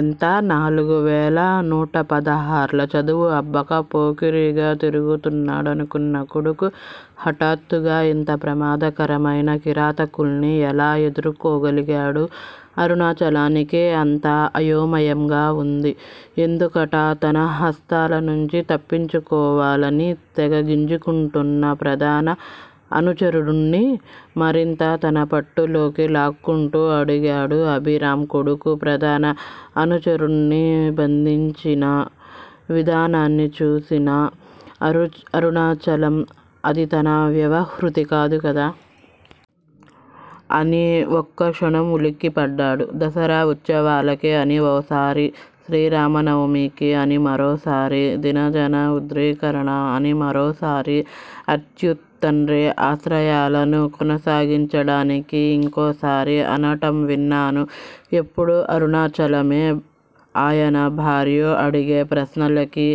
ఎంత? నాలుగువేల నూటపదహార్లు చదువు అబ్బక పోకిరిగా తిరుగుతున్నాడనుకున్న కొడుకు హఠాత్తుగా ఇంత ప్రమాదకరమైన కిరాతకుల్ని ఎలా ఎదుర్కోగలిగాడు? అరుణాచలానికి అంతా అయోమయంగా వుంది. ఎందుకట తన హస్తాలనుండి తప్పించుకోవాలని తెగ గింజుకుంటున్న ప్రధాన అనుచరుడ్ని మరింత తన పట్టులోకి లాక్కుంటూ అడిగాడు అభిరామ్. కొడుకు ప్రధాన అనుచరుడ్ని బంధించిణ విధానాన్ని చూసిన అరుణాచలం అది తన వ్యవహృతి కాదు కదా? అని ఒక్కక్షణం ఉలిక్కిపడ్డాడు. దసరా ఉత్సవాలకి అని ఓసారి, శ్రీరామనవమికి అని మరోసారి, దీనజన ఉద్రికరణ అని మరోసారి, అచ్యుత్ తండ్రి ఆశయాలను కొనసాగించడానికి ఇంకోసారి అనటం విన్నాను ఎప్పుడూ అరుణాచలమె, ఆయన భార్యో అడిగే ప్రశ్నలకి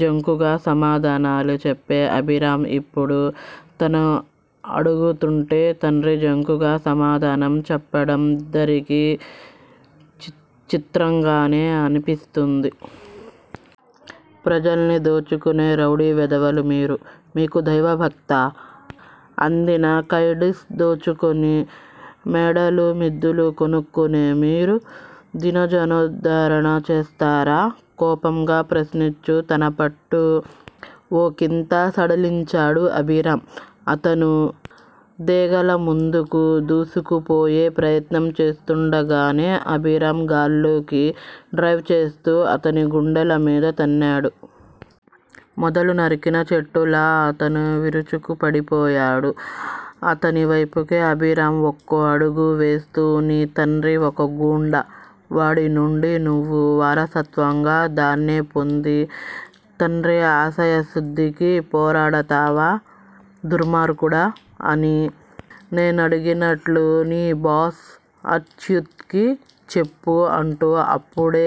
జంకుగా సమాధానాలు చెప్పే అభిరామ్ యిప్పుడు తను అడుగుతుంటే తండ్రి జంకుగా సమాధానం చెప్పడం యిద్దరికీ చిత్రంగానే అనిపిస్తోంది. ప్రజల్ని దోచుకునే రౌడీ వెధవలు మీరు మీకు దైవభక్తా? అందిన కైడ్కి దోచుకుని మేడలు, మిద్దెలు, కొనుక్కునే మీరు దీనజనోద్దరణ చేస్తారా? కోపంగా ప్రశ్నిస్తూ తన పట్టు ఒకింత సడలించాడు అభిరామ్. అతను దేగాలా ముందుకు దూసుకుపోయే ప్రయత్నం చేస్తుండగానే అభిరామ్ గాల్లోకి డైవ్ చేస్తూ అతని గుండెల మీద తన్నాడు. మొదలు నరికిన చెట్టులా అతను విరుచుకు పడిపోయాడు. అతని వేపుకి అభిరామ్ ఒక్కో అడుగువేస్తూ- నీ తండ్రి ఒక గూండా! వాడి నుండి నువ్వు వారసత్వంగా దాన్నే పొంది తండ్రి ఆశయసిద్దికి పోరాడతావా దుర్మార్గుడా అని నేనడిగినట్లు నీ బాస్ అచ్యుత్ కి చెప్పు అంటూ అప్పుడే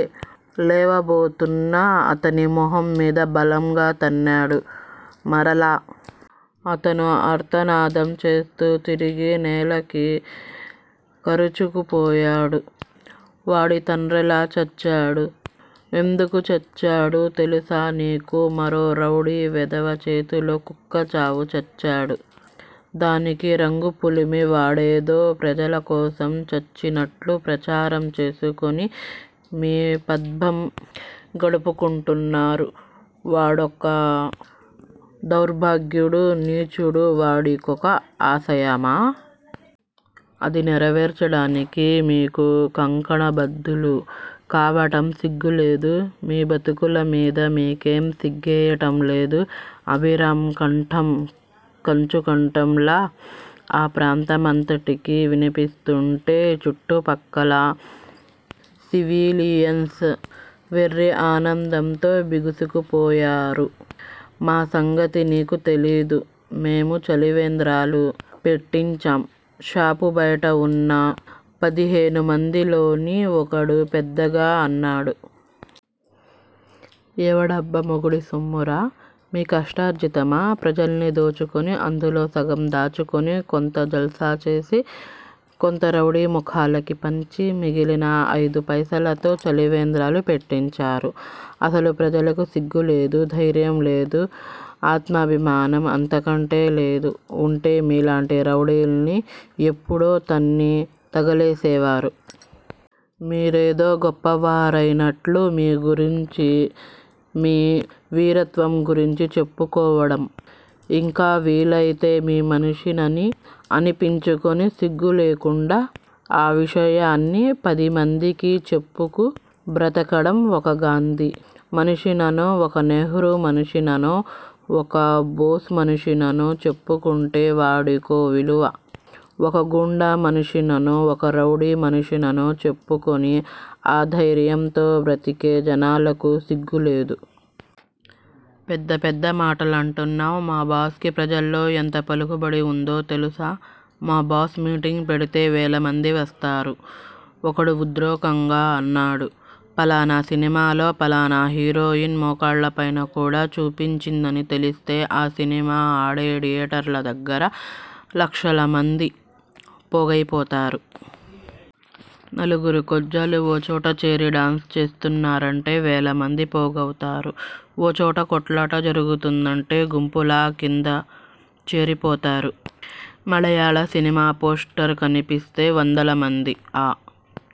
లేవబోతున్న అతని మొహం మీద బలంగా తన్నాడు మరలా. అతను ఆర్తనాదం చేస్తూ తిరిగి నేలకి కరుచుకుపోయాడు. వాడి తండ్రెలా చచ్చాడు? యెందుకు చచ్చాడు? తెలుసా నీకు? మరో రౌడీ వెధవ చేతిలో కుక్కచావు చచ్చాడు. దానికి రంగు పులిమి వాడేదో ప్రజల కోసం చచ్చినట్లు ప్రచారం చేసుకుని మీ పబ్బం గడుపుకుంటున్నారు. వాడొక దౌర్భాగ్యుడు, నీచుడు వాడికొక ఆశయమా? అది నెరవేర్చడానికి మీకు కంకణబద్దులు కావటం సిగ్గులేదూ? మీ బ్రతుకుల మీద మీకే సిగ్గేయటం లేదూ? అభిరామ్ కంఠం కంచు కంఠంలా ఆ ప్రాంతమంతటికీ వినిపిస్తుంటే చుట్టుప్రక్కల సివిలియన్స్ వెర్రి ఆనందంతో బిగుసుకుపోయారు. మా సంగతి నీకు తెలీయదు మేము చలివేంద్రాలు పెట్టించాం షాపు బయట వున్న పదిహేనుమందిలోని ఒకడు పెద్దగా అన్నాడు. ఎవడబ్బా మొగుడి సొమ్మురా? మీ కష్టార్జితమా? ప్రజల్ని దోచుకుని, అందులో సగం దాచుకొని, కొంత జల్సాచేసి, కొంత రౌడీమూకలకి పంచి, మిగిలిన ఐదు పైసలతో చలివేంద్రాలు పెట్టించారు? అసలు ప్రజలకి సిగ్గులేదు, ధైర్యం లేదు ఆత్మాభిమానం అంతకంటే లేదు వుంటే మీలాంటి రౌడీల్ని యెప్పుడో తన్ని తగలేసేవారు. మీరేదో గొప్పవారయినట్లు మీ గురించి, మీ వీరత్వం గురించి చెప్పుకోవడం, ఇంకా వీలయితే మీ మనిషినని అనిపించుకొని సిగ్గు లేకుండా ఆ విషయాన్ని పదిమందికీ చెప్పుకు బ్రతకటం, ఒక గాంధీ మనిషిననో, ఒక నెహ్రూ మనిషిననో, ఒక బోసు మనిషిననో చెప్పుకుంటే వాడికో విలువ! ఒక గూండా మనిషిననో, ఒక రౌడీ మనిషిననో చెప్పుకుని, ఆ ధైర్యంతో బ్రతికే జనాలకి సిగ్గులేదు. పెద్ద పెద్ద మాటలంటున్నావ్ మా బాస్ కి ప్రజల్లో యెంత పలుకుబడి వుందో తెలుసా? మా బాస్ మీటింగ్ పెడితే వేలమంది వస్తారు ఒకడు ఉద్రోకంగా అన్నాడు. ఫలానా సినిమాలో ఫలానా హీరోయిన్ మోకాళ్ళ పైన కూడా చూపించిందని తెలిస్తే ఆ సినిమా ఆడే థియేటర్ ల దగ్గర లక్షల మంది పోగయిపోతారు. నలుగురు కొజ్జాలు ఓ చోట చేరి డాన్స్ చేస్తున్నారంటే వేలమంది పోగవుతారు. ఓ చోట కొట్లాట జరుగుతోందంటే గుంపుల కింద చేరిపోతారు. మళయాళ సినిమా పోస్టర్ కనిపిస్తే వందలమంది ఆ